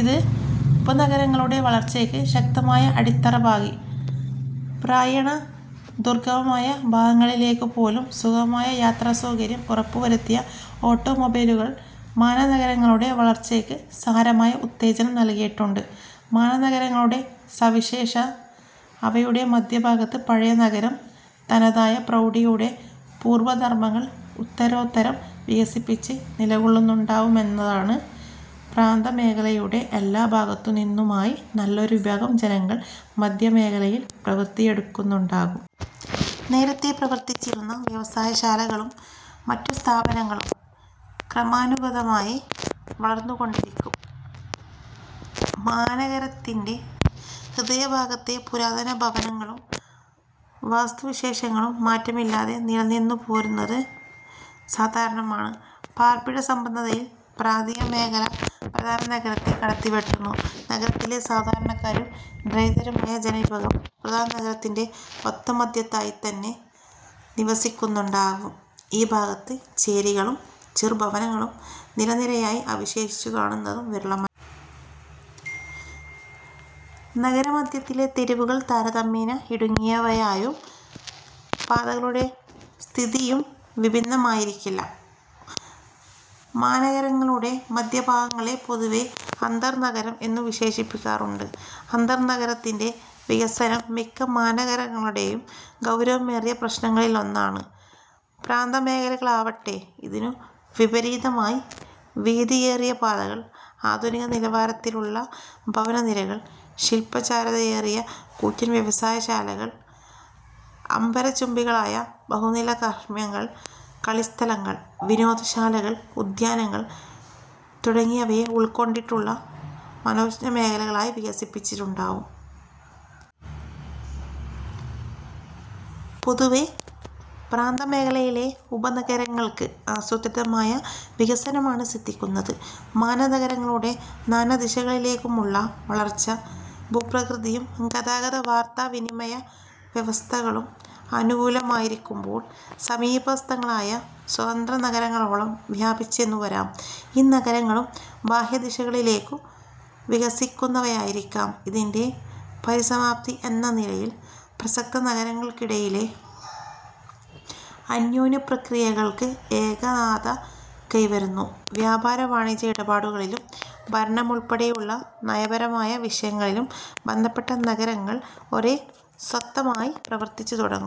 ഇത് ഉപനഗരങ്ങളുടെ വളർച്ചയ്ക്ക് ശക്തമായ അടിത്തറ പാകി. പ്രായേണ ദുർഗമമായ ഭാഗങ്ങളിലേക്കുപോലും സുഗമമായ യാത്രാസൌകര്യം ഉറപ്പുവരുത്തിയ ഓട്ടോമൊബൈലുകൾ മാനഗരങ്ങളുടെ വളർച്ചയ്ക്ക് സാരമായ ഉത്തേജനം നല്കിയിട്ടുണ്ട്. മാനഗരങ്ങളുടെ സവിശേഷത അവയുടെ മധ്യഭാഗത്ത് പഴയ നഗരം തനതായ പ്രൗഢിയോടെ പൂർവധർമങ്ങൾ ഉത്തരോത്തരം വികസിപ്പിച്ച് നിലകൊള്ളുന്നുണ്ടാവുമെന്നതാണ്. പ്രാന്തമേഖലയുടെ എല്ലാ ഭാഗത്തുനിന്നുമായി നല്ലൊരു വിഭാഗം ജനങ്ങൾ മധ്യമേഖലയിൽ പ്രവൃത്തിയെടുക്കുന്നുണ്ടാകും. നേരത്തേ പ്രവർത്തിച്ചിരുന്ന വ്യവസായശാലകളും മറ്റു സ്ഥാപനങ്ങളും ക്രമാനുഗതമായി വളർന്നുകൊണ്ടിരിക്കും. മാനഗരത്തിന്റെ ഹൃദയഭാഗത്തെ പുരാതന ഭവനങ്ങളും വാസ്തുവിശേഷങ്ങളും മാറ്റമില്ലാതെ നിലനിന്നുപോരുന്നത് സാധാരണമാണ്. പാർപ്പിട സമ്പന്നതയിൽ പ്രാന്തീയമേഖല പ്രധാന നഗരത്തെ കടത്തിവെട്ടുന്നു. നഗരത്തിലെ സാധാരണക്കാരും ദരിദ്രരുമായ ജനവിഭാഗം പ്രധാന നഗരത്തിന്റെ ഒത്ത മധ്യത്തായിത്തന്നെ നിവസിക്കുന്നുണ്ടാവും. ഈ ഭാഗത്ത് ചേരികളും ചെറുഭവനങ്ങളും നിരനിരയായി അവശേഷിച്ചുകാണുന്നതും വിരളമല്ല. നഗരമധ്യത്തിലെ തെരുവുകൾ താരതമ്യേന ഇടുങ്ങിയവയാവും. പാതകളുടെ സ്ഥിതിയും വിഭിന്നമായിരിക്കില്ല. മാനഗരങ്ങളുടെ മധ്യഭാഗങ്ങളെ പൊതുവേ അന്തർനഗരം എന്നു വിശേഷിപ്പിക്കാറുണ്ട്. അന്തർനഗരത്തിന്റെ വികസനം മിക്ക മാനഗരങ്ങളുടെയും ഗൗരവമേറിയ പ്രശ്നങ്ങളിലൊന്നാണ്. പ്രാന്തമേഖലകളാവട്ടെ, ഇതിനു വിപരീതമായി വീതിയേറിയപാതകൾ, ആധുനിക നിലവാരത്തിലുള്ള ഭവനനിരകൾ, ശില്പചാരുതയേറിയ കൂറ്റൻ വ്യവസായശാലകൾ, അംബരചുംബികളായ ബഹുനിലഹർമ്മ്യങ്ങൾ, കളിസ്ഥലങ്ങൾ, വിനോദശാലകൾ, ഉദ്യാനങ്ങൾ തുടങ്ങിയവയെ ഉൾക്കൊണ്ടിട്ടുള്ള മനോജ്ഞമേഖലകളായി വികസിച്ചിട്ടുണ്ടാവും. പൊതുവേ, പ്രാന്തമേഖലയിലെ ഉപനഗരങ്ങൾക്ക് ആസൂത്രിതമായ വികസനമാണ് സിദ്ധിക്കുന്നത്. മാനഗരങ്ങളുടെ നാനാദിശകളിലേക്കുമുള്ള വളർച്ച, ഭൂപ്രകൃതിയും ഗതാഗത-വാർത്താവിനിമയ വ്യവസ്ഥകളും അനുകൂലമായിരിക്കുമ്പോൾ സമീപസ്ഥങ്ങളായ സ്വതന്ത്രനഗരങ്ങളോളം വ്യാപിച്ചെന്നു വരാം; ഈ നഗരങ്ങളും ബാഹ്യദിശകളിലേക്കു വികസിക്കുന്നവയായിരിക്കാം. ഇതിന്റെ പരിസമാപ്തി എന്ന നിലയിൽ പ്രസക്ത നഗരങ്ങൾക്കിടയിലെ അന്യോന്യപ്രക്രിയകൾക്ക് ഏകതാനത കൈവരുന്നു. വ്യാപാര വാണിജ്യ ഇടപാടുകളിലും ഭരണമുൾപ്പെടെയുള്ള നയപരമായ വിഷയങ്ങളിലും ബന്ധപ്പെട്ട നഗരങ്ങൾ ഒരേ സ്വത്തമായി പ്രവർത്തിച്ചുതുടങ്ങും.